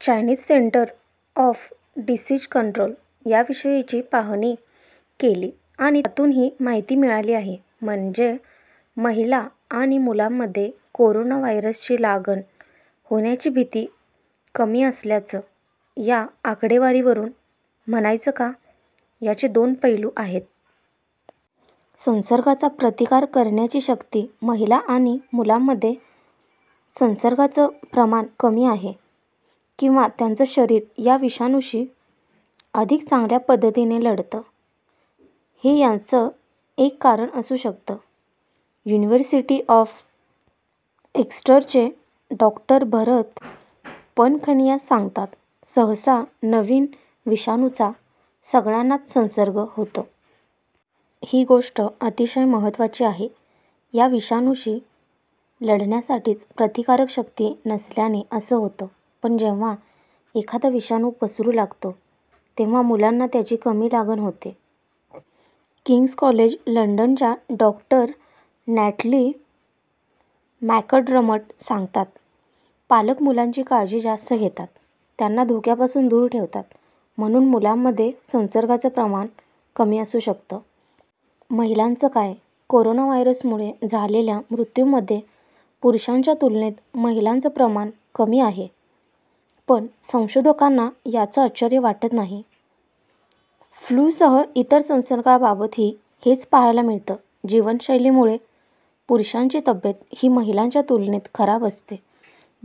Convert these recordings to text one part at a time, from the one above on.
Chinese centre of disease control याविषयीची पाहणी केली आणि त्यातून ही माहिती मिळाली आहे. म्हणजे महिला आणि मुलांमध्ये कोरोना व्हायरसची लागण होण्याची भीती कमी असल्याचं या आकडेवारीवरून म्हणायचं का? याचे दोन पैलू आहेत. संसर्गाचा प्रतिकार करण्याची शक्ती महिला आणि मुलांमध्ये संसर्गाचं प्रमाण कमी आहे किंवा त्यांचं शरीर या विषाणूशी अधिक चांगल्या पद्धतीने लढतं, हे याचं एक कारण असू शकतं. युनिव्हर्सिटी ऑफ एक्स्टरचे डॉक्टर भरत पनखनिया सांगतात, सहसा नवीन विषाणूचा सगळ्यांनाच संसर्ग होतो. ही गोष्ट अतिशय महत्त्वाची आहे. या विषाणूशी लढण्यासाठीची प्रतिकारक शक्ती नसल्याने असं होतं. पण जेव्हा एखादा विषाणू पसरू लागतो, तेव्हा मुलांना त्याची कमी लागण होते. किंग्स कॉलेज लंडनच्या डॉक्टर नॅटली मॅकडरमट सांगतात, पालक मुलांची काळजी जास्त घेतात, त्यांना धोक्यांपासून दूर ठेवतात म्हणून मुलांमध्ये संसर्गाचं प्रमाण कमी असू शकतं. महिलांचं काय? कोरोनाव्हायरसमुळे झालेल्या मृत्यूंमध्ये पुरुषांच्या तुलनेत महिलांचं प्रमाण कमी आहे. पण संशोधकांना याचं आश्चर्य वाटत नाही. फ्लूसह इतर संसर्गांबाबतही हेच पहायला मिळतं. जीवनशैलीमुळे पुरुषांची तब्येत ही महिलांच्या तुलनेत खराब असते.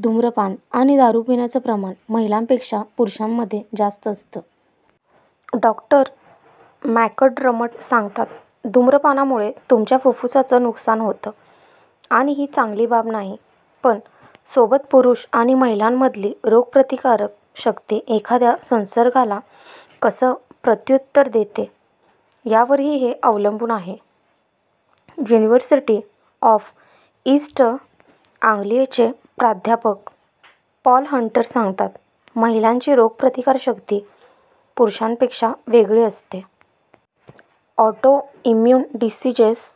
धूम्रपान आणि दारू पिण्याचं प्रमाण महिलांपेक्षा पुरुषांमध्ये जास्त असतं. डॉक्टर मॅकटरमट सांगतात, धूम्रपानामुळे तुमच्या फुफ्फुसांचं नुकसान होतं आणि ही चांगली बाब नाही. पण सोबत पुरुष आणि महिलांमधली रोगप्रतिकारक शक्ती एखाद्या संसर्गाला कसं प्रत्युत्तर देते, यावरही हे अवलंबून आहे. युनिव्हर्सिटी ऑफ ईस्ट आंग्लीयचे प्राध्यापक पॉल हंटर सांगतात, महिलांची रोग प्रतिकारक शक्ती पुरुषांपेक्षा वेगळी असते. ऑटो इम्यून डिसीजेस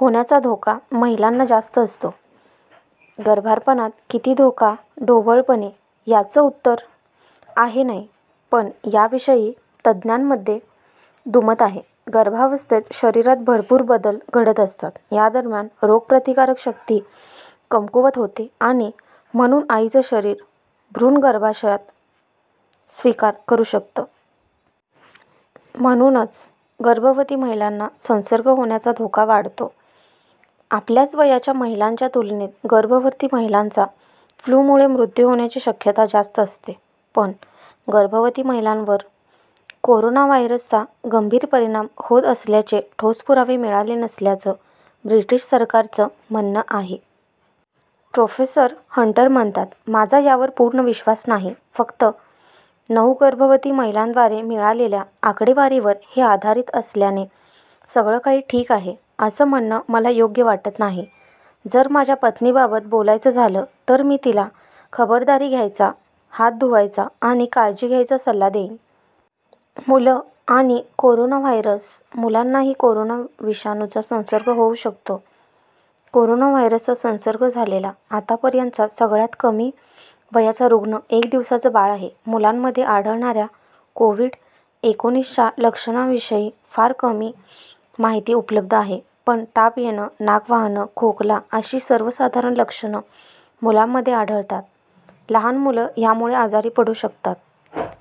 होण्याचा धोका महिलांना जास्त असतो. गर्भारपणात किती धोका ढोबळपणे याचं उत्तर आहे नाही. पण याविषयी तज्ज्ञांमध्ये दुमत आहे. गर्भावस्थेत शरीरात भरपूर बदल घडत असतात. यादरम्यान रोग प्रतिकारक शक्ती कमकुवत होते आणि म्हणून आईचं शरीर भ्रूण गर्भाशयात स्वीकार करू शकतं. म्हणूनच गर्भवती महिलांना संसर्ग होण्याचा धोका वाढतो. आपल्याच वयाच्या महिलांच्या तुलनेत गर्भवती महिलांचा फ्लूमुळे मृत्यू होण्याची शक्यता जास्त असते. पण गर्भवती महिलांवर कोरोनाव्हायरसचा गंभीर परिणाम होत असल्याचे ठोस पुरावे मिळाले नसल्याचं ब्रिटीश सरकारचं म्हणणं आहे. प्रोफेसर हंटर म्हणतात, माझा यावर पूर्ण विश्वास नाही. फक्त नऊ गर्भवती महिलांद्वारे मिळालेल्या आकडेवारीवर हे आधारित असल्याने सगळंकाही ठीक आहे असं म्हणणं मला योग्य वाटत नाही. जर माझ्या पत्नीबाबत बोलायचं झालं तर मी तिला खबरदारी घ्यायचा, हात धुवायचा आणि काळजी घ्यायचा सल्ला देईन. मुलं आणि कोरोनाव्हायरस मुलांनाही कोरोना विषाणूचा संसर्ग होऊ शकतो. कोरोना व्हायरसचा संसर्ग झालेला आतापर्यंतचा सगळ्यात कमी वयाचा रुग्ण एक दिवसाचं बाळ आहे. मुलांमध्ये आढळणाऱ्या कोव्हिड एकोणीसच्या लक्षणांविषयी फार कमी माहिती उपलब्ध आहे. पण ताप येणं, नाक वाहणं, खोकला अशी सर्वसाधारण लक्षणं मुलांमध्ये आढळतात. लहान मुलं यामुळे आजारी पडू शकतात.